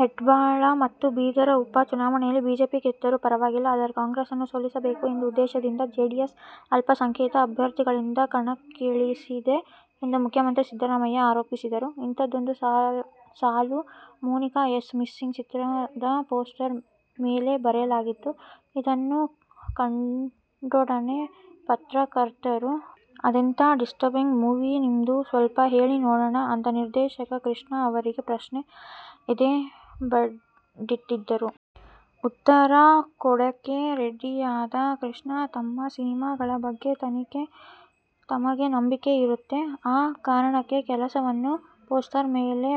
ಹೆಬ್ಟಾಳ ಮತ್ತು ಬೀದರ ಉಪ ಚುನಾವಣೆಯಲ್ಲಿ ಬಿಜೆಪಿ ಗೆದ್ದರೂ ಪರವಾಗಿಲ್ಲ. ಆದರೆ, ಕಾಂಗ್ರೆಸ್ನ್ನು ಸೋಲಿಸಬೇಕು ಎಂಬ ಉದ್ದೇಶದಿಂದ ಜೆಡಿಎಸ್ ಅಲ್ಪಸಂಖ್ಯಾತ ಅಭ್ಯರ್ಥಿಗಳನ್ನು ಕಣಕ್ಕಿಳಿಸಿದೆ ಎಂದು ಮುಖ್ಯಮಂತ್ರಿ ಸಿದ್ದರಾಮಯ್ಯ ಆರೋಪಿಸಿದರು. "ಇಂಥದ್ದೊಂದು ಸಾಲು "ಮೊನಿಕಾ ಈಸ್ ಮಿಸ್ಸಿಂಗ್' ಚಿತ್ರದ ಪೋಸ್ಟರ್ ಮೇಲೆ ಬರೆಯಲಾಗಿತ್ತು. ಅದನ್ನು ಕಂಡೊಡನೆ ಪತ್ರಕರ್ತರು, "ಅದೆಂಥಾ ಡಿಸ್ಟರ್ಬಿಂಗ್ ಮೂವೀ ನಿಮ್ದು, ಸ್ವಲ್ಪ ಹೇಳಿ ನೋಡೋಣ' ಅಂತ ನಿರ್ದೇಶಕ ಕೃಷ್ಣ ಅವರಿಗೆ ಪ್ರಶ್ನೆ ಎಸೆದೇಬಿಟ್ಟರು. ಉತ್ತರ ಕೊಡೋಕೆ ರೆಡಿಯಾದ ಕೃಷ್ಣ, "ತಮ್ಮ ಸಿನಿಮಾಗಳ ಬಗ್ಗೆ ತಮಗೆ ನಂಬಿಕೆ ಇರುತ್ತೆ. ಆ ಕಾರಣಕ್ಕೆ ಕೆಲವನ್ನು ಪೋಸ್ಟರ್ ಮೇಲೆ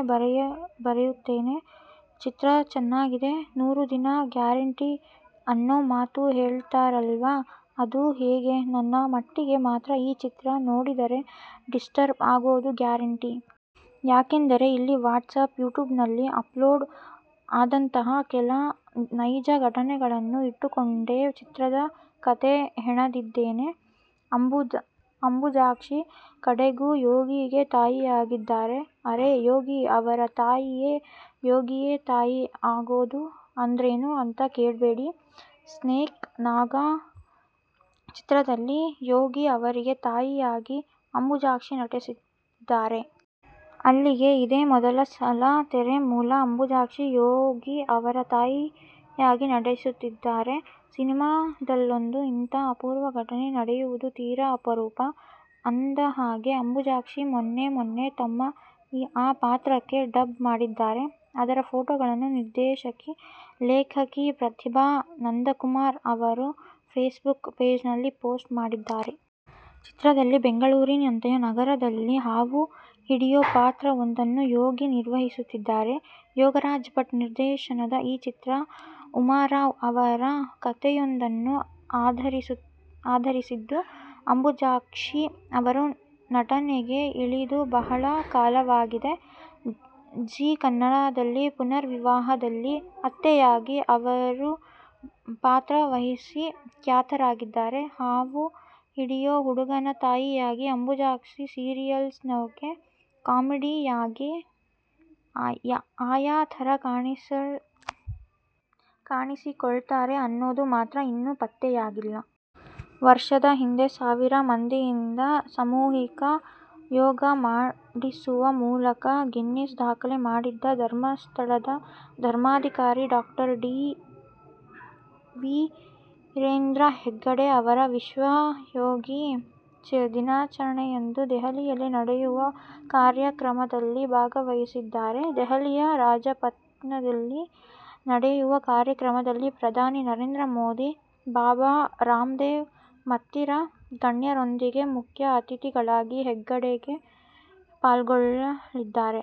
ಬರೆದಿರುತ್ತೇವೆ. ಚಿತ್ರ ಚೆನ್ನಾಗಿದೆ, ನೂರುದಿನ ಗ್ಯಾರಂಟಿ ಅನ್ನೋ ಮಾತು ಹೇಳ್ತಾರಲ್ವಾ. ಅದು ಹೀಗೆ, ನನ್ನ ಮಟ್ಟಿಗೆ ಮಾತ್ರ ಈ ಚಿತ್ರ ನೋಡಿದರೆ ಡಿಸ್ಟರ್ಬ್ ಆಗೋದು ಗ್ಯಾರಂಟಿ. ಯಾಕೆಂದರೆ, ಇಲ್ಲಿ ವಾಟ್ಸಾಪ್, ಯೂಟ್ಯೂಬ್ನಲ್ಲಿ ಅಪ್ಲೋಡ್ ಆದಂತಹ ಕೆಲ ನೈಜ ಘಟನೆಗಳನ್ನು ಇಟ್ಟುಕೊಂಡೇ ಚಿತ್ರದ ಕಥೆ ಹೆಣೆದಿದ್ದೇನೆ. ಅಂಬುಜಾಕ್ಷಿ ಕಡೆಗೂ "ಯೋಗಿ'ಗೆ ತಾಯಿಯಾಗಿದ್ದಾರೆ! ಅರೆ, ಯೋಗಿ ಅವರ ತಾಯಿಯೇ ಯೋಗಿಗೆ ತಾಯಿ ಆಗೋದು ಅಂದ್ರೇನು ಅಂತ ಕೇಳ್ಬೇಡಿ. "ಸ್ನೇಕ್ ನಾಗ' ಚಿತ್ರದಲ್ಲಿ ಯೋಗಿ ಅವರಿಗೆ ತಾಯಿಯಾಗಿ ಅಂಬುಜಾಕ್ಷಿ ನಟಿಸುತ್ತಿದ್ದಾರೆ. ಅಲ್ಲಿಗೆ ಇದೇ ಮೊದಲ ಸಲ ತೆರೆ ಮೇಲೂ ಅಂಬುಜಾಕ್ಷಿ ಯೋಗಿ ಅವರ ತಾಯಿಯಾಗಿ ನಟಿಸುತ್ತಿದ್ದಾರೆ. ಸಿನಿಮಾದಲ್ಲೊಂದು ಇಂಥ ಅಪೂರ್ವ ಘಟನೆ ನಡೆಯೋದು ತೀರ ಅಪರೂಪ. ಅಂದಹಾಗೆ, ಅಂಬುಜಾಕ್ಷಿ ಮೊನ್ನೆ ಮೊನ್ನೆ ತಮ್ಮ ಆ ಪಾತ್ರಕ್ಕೆ ಡಬ್ ಮಾಡಿದ್ದಾರೆ. ಅದರ ಫೋಟೋಗಳನ್ನು ನಿರ್ದೇಶಕಿ, ಲೇಖಕಿ ಪ್ರತಿಭಾ ನಂದಕುಮಾರ್ ಅವರು ಫೇಸ್ಬುಕ್ ಪೇಜ್ನಲ್ಲಿ ಪೋಸ್ಟ್ ಮಾಡಿದ್ದಾರೆ. ಚಿತ್ರದಲ್ಲಿ ಬೆಂಗಳೂರಿನಂಥ ನಗರದಲ್ಲಿ ಹಾವು ಹಿಡಿಯೋ ಪಾತ್ರವೊಂದನ್ನು ಯೋಗಿ ನಿರ್ವಹಿಸುತ್ತಿದ್ದಾರೆ. ಯೋಗರಾಜ್ ಭಟ್ ನಿರ್ಮಾಣದ ಈ ಚಿತ್ರ ಉಮಾರಾವ್ ಅವರ ಕತೆಯೊಂದನ್ನು ಆಧರಿಸಿದ್ದು. ಅಂಬುಜಾಕ್ಷಿ ಅವರು ನಟನೆಗೆ ಇಳಿದು ಬಹಳ ಕಾಲವಾಗಿದೆ. ಝಿ ಕನ್ನಡದ "ಪುನರ್ವಿವಾಹ'ದಲ್ಲಿ ಅತ್ತೆಯಾಗಿ ಅವರು ಪಾತ್ರ ನಿರ್ವಹಿಸಿ ಖ್ಯಾತರಾಗಿದ್ದಾರೆ. ಹಾವು ಹಿಡಿಯೋ ಹುಡುಗನ ತಾಯಿಯಾಗಿ ಅಂಬುಜಾಕ್ಷಿ ಸೀರಿಯಸ್ಸಾಗೋ, ಕಾಮಿಡಿಯಾಗೋ- ಯಾವ ಥರ ಕಾಣಿಸಿಕೊಳ್ತಾರೆ ಅನ್ನೋದು ಮಾತ್ರ ಇನ್ನೂ ಪತ್ತೆಯಾಗಿಲ್ಲ. ವರ್ಷದ ಹಿಂದೆ ಸಾವಿರ ಮಂದಿಯಿಂದ ಸಾಮೂಹಿಕ ಯೋಗ ಮಾಡಿಸುವ ಮೂಲಕ ಗಿನ್ನೆಸ್ ದಾಖಲೆ ಮಾಡಿದ್ದ ಧರ್ಮಸ್ಥಳದ ಧರ್ಮಾಧಿಕಾರಿ ಡಾ ಡಿ. ವೀರೇಂದ್ರ ಹೆಗ್ಗಡೆ ಅವರು ವಿಶ್ವ ಯೋಗ ದಿನಾಚರಣೆಯಂದು ದೆಹಲಿಯಲ್ಲಿ ನಡೆಯುವ ಕಾರ್ಯಕ್ರಮದಲ್ಲಿ ಭಾಗವಹಿಸಲಿದ್ದಾರೆ. ದೆಹಲಿಯ ರಾಜಪಥ್ನಲ್ಲಿ ನಡೆಯುವ ಕಾರ್ಯಕ್ರಮದಲ್ಲಿ ಪ್ರಧಾನಿ ನರೇಂದ್ರ ಮೋದಿ, ಬಾಬಾ ರಾಮ್ದೇವ್ ಮತ್ತಿತರ ಗಣ್ಯರೊಂದಿಗೆ ಮುಖ್ಯ ಅತಿಥಿಗಳಾಗಿ ಹೆಗ್ಗಡೆ ಪಾಲ್ಗೊಳ್ಳಲಿದ್ದಾರೆ.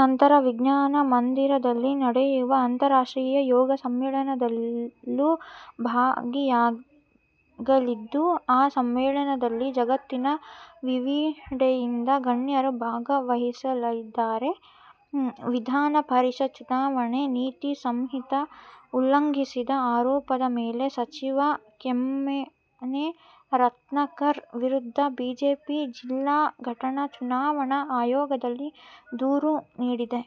ನಂತರ ವಿಜ್ಞಾನ ಮಂದಿರದಲ್ಲಿ ನಡೆಯುವ ಅಂತಾರಾಷ್ಟ್ರೀಯ ಯೋಗ ಸಮ್ಮೇಳನದಲ್ಲೂ ಭಾಗಿಯಾಗಲಿದ್ದು, ಆ ಸಮ್ಮೇಳನದಲ್ಲಿ ಜಗತ್ತಿನ ವಿವಿಧೆಡೆಯಿಂದ ಗಣ್ಯರು ಭಾಗವಹಿಸಲಿದ್ದಾರೆ. ವಿಧಾನ ಪರಿಷತ್ ಚುನಾವಣೆ ನೀತಿ ಸಂಹಿತೆ ಉಲ್ಲಂಘಿಸಿದ ಆರೋಪದ ಮೇಲೆ ಸಚಿವ ಕಿಮ್ಮನೆ ರತ್ನಾಕರ್ ವಿರುದ್ಧ ಬಿಜೆಪಿ ಜಿಲ್ಲಾ ಘಟಕ ಚುನಾವಣಾ ಆಯೋಗಕ್ಕೆ ದೂರು ನೀಡಿದೆ.